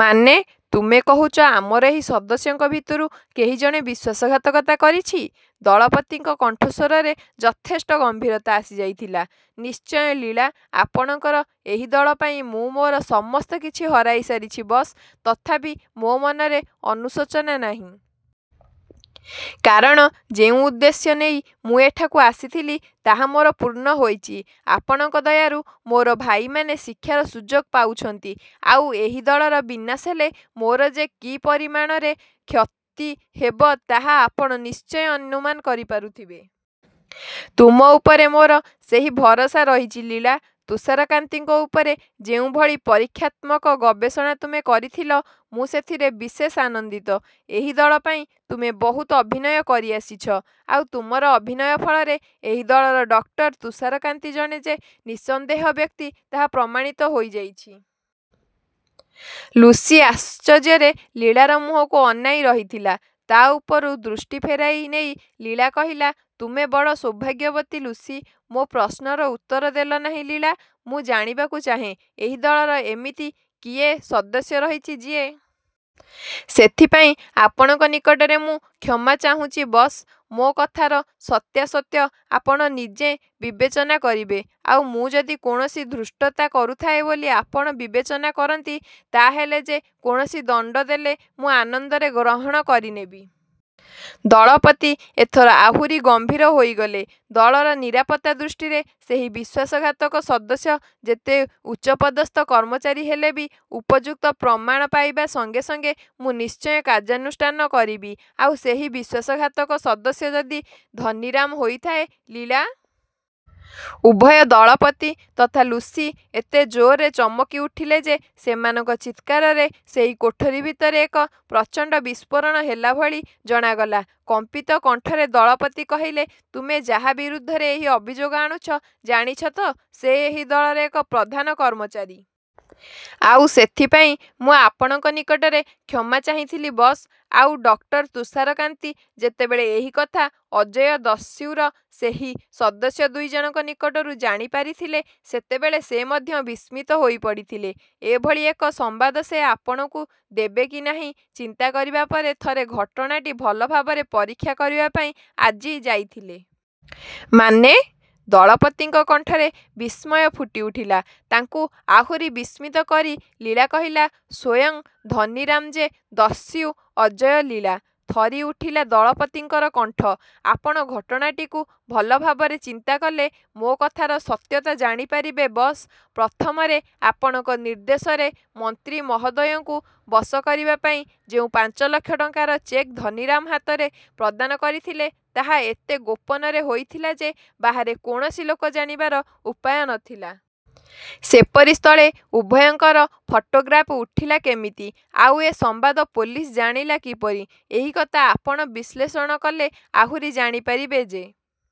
ମାନେ ତୁମେ କହୁଛ ଆମର ଏହି ସଦସ୍ୟଙ୍କ ଭିତରୁ କେହି ଜଣେ ବିଶ୍ୱାସଘାତକତା କରିଛି? ଦଳପତିଙ୍କ କଣ୍ଠସ୍ୱରରେ ଯଥେଷ୍ଟ ଗମ୍ଭୀରତା ଆସିଯାଇଥିଲା। ନିଶ୍ଚୟ ଲୀଳା ଆପଣଙ୍କର ଏହି ଦଳ ପାଇଁ ମୁଁ ମୋର ସମସ୍ତ କିଛି ହରାଇସାରିଛି ବସ୍। ତଥାପି ମୋ ମନରେ ଅନୁଶୋଚନା ନାହିଁ। କାରଣ ଯେଉଁ ଉଦ୍ଦେଶ୍ୟ ନେଇ ମୁଁ ଏଠାକୁ ଆସିଥିଲି ତାହା ମୋର ପୂର୍ଣ୍ଣ ହୋଇଛି। ଆପଣଙ୍କ ଦୟାରୁ ମୋର ଭାଇମାନେ ଶିକ୍ଷାର ସୁଯୋଗ ପାଉଛନ୍ତି। ଆଉ ଏହି ଦଳର ବିନାଶ ହେଲେ ମୋର ଯେ କି ପରିମାଣରେ କ୍ଷତି ହେବ ତାହା ଆପଣ ନିଶ୍ଚୟ ଅନୁମାନ କରିପାରୁଥିବେ। ତୁମ ଉପରେ ମୋର ସେହି ଭରସା ରହିଛି ଲୀଳା। ତୁଷାରକାନ୍ତିଙ୍କ ଉପରେ ଯେଉଁଭଳି ପରୀକ୍ଷାତ୍ମକ ଗବେଷଣା ତୁମେ କରିଥିଲ ମୁଁ ସେଥିରେ ବିଶେଷ ଆନନ୍ଦିତ। ଏହି ଦଳ ପାଇଁ ତୁମେ ବହୁତ ଅଭିନୟ କରିଆସିଛ। ଆଉ ତୁମର ଅଭିନୟ ଫଳରେ ଏହି ଦଳର ଡକ୍ଟର ତୁଷାରକାନ୍ତି ଜଣେ ଯେ ନିଃସନ୍ଦେହ ବ୍ୟକ୍ତି ତାହା ପ୍ରମାଣିତ ହୋଇଯାଇଛି। ଲୁସି ଆଶ୍ଚର୍ଯ୍ୟରେ ଲୀଳାର ମୁହଁକୁ ଅନାଇ ରହିଥିଲା। ତା’ ଉପରୁ ଦୃଷ୍ଟି ଫେରାଇ ନେଇ ଲୀଳା କହିଲା ତୁମେ ବଡ଼ ସୌଭାଗ୍ୟବତୀ ଲୁସି! ମୋ ପ୍ରଶ୍ନର ଉତ୍ତର ଦେଲ ନାହିଁ ଲୀଳା! ମୁଁ ଜାଣିବାକୁ ଚାହେଁ ଏହି ଦଳର ଏମିତି କିଏ ସଦସ୍ୟ ରହିଛି ଯିଏ... ସେଥିପାଇଁ ଆପଣଙ୍କ ନିକଟରେ ମୁଁ କ୍ଷମା ଚାହୁଁଛି ବସ୍। ମୋ କଥାର ସତ୍ୟାସତ୍ୟ ଆପଣ ନିଜେ ବିବେଚନା କରିବେ। ଆଉ ମୁଁ ଯଦି କୌଣସି ଧୃଷ୍ଟତା କରୁଥାଏ ବୋଲି ଆପଣ ବିବେଚନା କରନ୍ତି ତା’ ହେଲେ ଯେ କୌଣସି ଦଣ୍ଡ ଦେଲେ ମୁଁ ଆନନ୍ଦରେ ଗ୍ରହଣ କରିନେବି। ଦଳପତି ଏଥର ଆହୁରି ଗମ୍ଭୀର ହୋଇଗଲେ। ଦଳର ନିରାପତ୍ତା ଦୃଷ୍ଟିରେ ସେହି ବିଶ୍ୱାସଘାତକ ସଦସ୍ୟ ଯେତେ ଉଚ୍ଚପଦସ୍ଥ କର୍ମଚାରୀ ହେଲେ ବି ଉପଯୁକ୍ତ ପ୍ରମାଣ ପାଇବା ସଙ୍ଗେ ସଙ୍ଗେ ମୁଁ ନିଶ୍ଚୟ କାର୍ଯ୍ୟାନୁଷ୍ଠାନ କରିବି। ଆଉ ସେହି ବିଶ୍ୱାସଘାତକ ସଦସ୍ୟ ଯଦି ଧନୀରାମ ହୋଇଥାଏ? ଲୀଳା! ଉଭୟ ଦଳପତି ତଥା ଲୁସି ଏତେ ଜୋରରେ ଚମକିଉଠିଲେ ଯେ ସେମାନଙ୍କ ଚିତ୍କାରରେ ସେହି କୋଠରି ଭିତରେ ଏକ ପ୍ରଚଣ୍ଡ ବିସ୍ଫୋରଣ ହେଲା ଭଳି ଜଣାଗଲା। କମ୍ପିତ କଣ୍ଠରେ ଦଳପତି କହିଲେ ତୁମେ ଯାହା ବିରୁଦ୍ଧରେ ଏହି ଅଭିଯୋଗ ଆଣୁଛ ଜାଣିଛ ତ ସେ ଏହି ଦଳର ଏକ ପ୍ରଧାନ କର୍ମଚାରୀ! ଆଉ ସେଥିପାଇଁ ମୁଁ ଆପଣଙ୍କ ନିକଟରେ କ୍ଷମା ଚାହିଁଥିଲି ବସ୍। ଆଉ ଡକ୍ଟର ତୁଷାରକାନ୍ତି ଯେତେବେଳେ ଏହି କଥା ଅଜୟ ଦସ୍ୟୁର ସେହି ସଦସ୍ୟ ଦୁଇ ଜଣଙ୍କ ନିକଟରୁ ଜାଣିପାରିଥିଲେ ସେତେବେଳେ ସେ ମଧ୍ୟ ବିସ୍ମିତ ହୋଇପଡ଼ିଥିଲେ। ଏଭଳି ଏକ ସମ୍ବାଦ ସେ ଆପଣଙ୍କୁ ଦେବେ କି ନାହିଁ ଚିନ୍ତା କରିବା ପରେ ଥରେ ଘଟଣାଟି ଭଲ ଭାବରେ ପରୀକ୍ଷା କରିବା ପାଇଁ ଆଜି ଯାଇଥିଲେ। ମାନେ? ଦଳପତିଙ୍କ କଣ୍ଠରେ ବିସ୍ମୟ ଫୁଟିଉଠିଲା। ତାଙ୍କୁ ଆହୁରି ବିସ୍ମିତ କରି ଲୀଳା କହିଲା ସ୍ୱୟଂ ଧନୀରାମ ଯେ ଦସ୍ୟୁ ଅଜୟ ଲୀଳା! ଥରିଉଠିଲା ଦଳପତିଙ୍କର କଣ୍ଠ। ଆପଣ ଘଟଣାଟିକୁ ଭଲ ଭାବରେ ଚିନ୍ତା କଲେ ମୋ କଥାର ସତ୍ୟତା ଜାଣିପାରିବେ ବସ୍। ପ୍ରଥମରେ ଆପଣଙ୍କ ନିର୍ଦ୍ଦେଶରେ ମନ୍ତ୍ରୀ ମହୋଦୟଙ୍କୁ ବଶ କରିବା ପାଇଁ ଯେଉଁ ପାଞ୍ଚ ଲକ୍ଷ ଟଙ୍କାର ଚେକ୍ ଧନୀରାମ ହାତରେ ପ୍ରଦାନ କରିଥିଲେ ତାହା ଏତେ ଗୋପନରେ ହୋଇଥିଲା ଯେ ବାହାରେ କୌଣସି ଲୋକ ଜାଣିବାର ଉପାୟ ନ ଥିଲା। ସେପରି ସ୍ଥଳେ ଉଭୟଙ୍କର ଫଟୋଗ୍ରାଫ୍ ଉଠିଲା କେମିତି? ଆଉ ଏ ସମ୍ବାଦ ପୋଲିସ ଜାଣିଲା କିପରି? ଏହି କଥା ଆପଣ ବିଶ୍ଳେଷଣ କଲେ ଆହୁରି ଜାଣିପାରିବେ ଯେ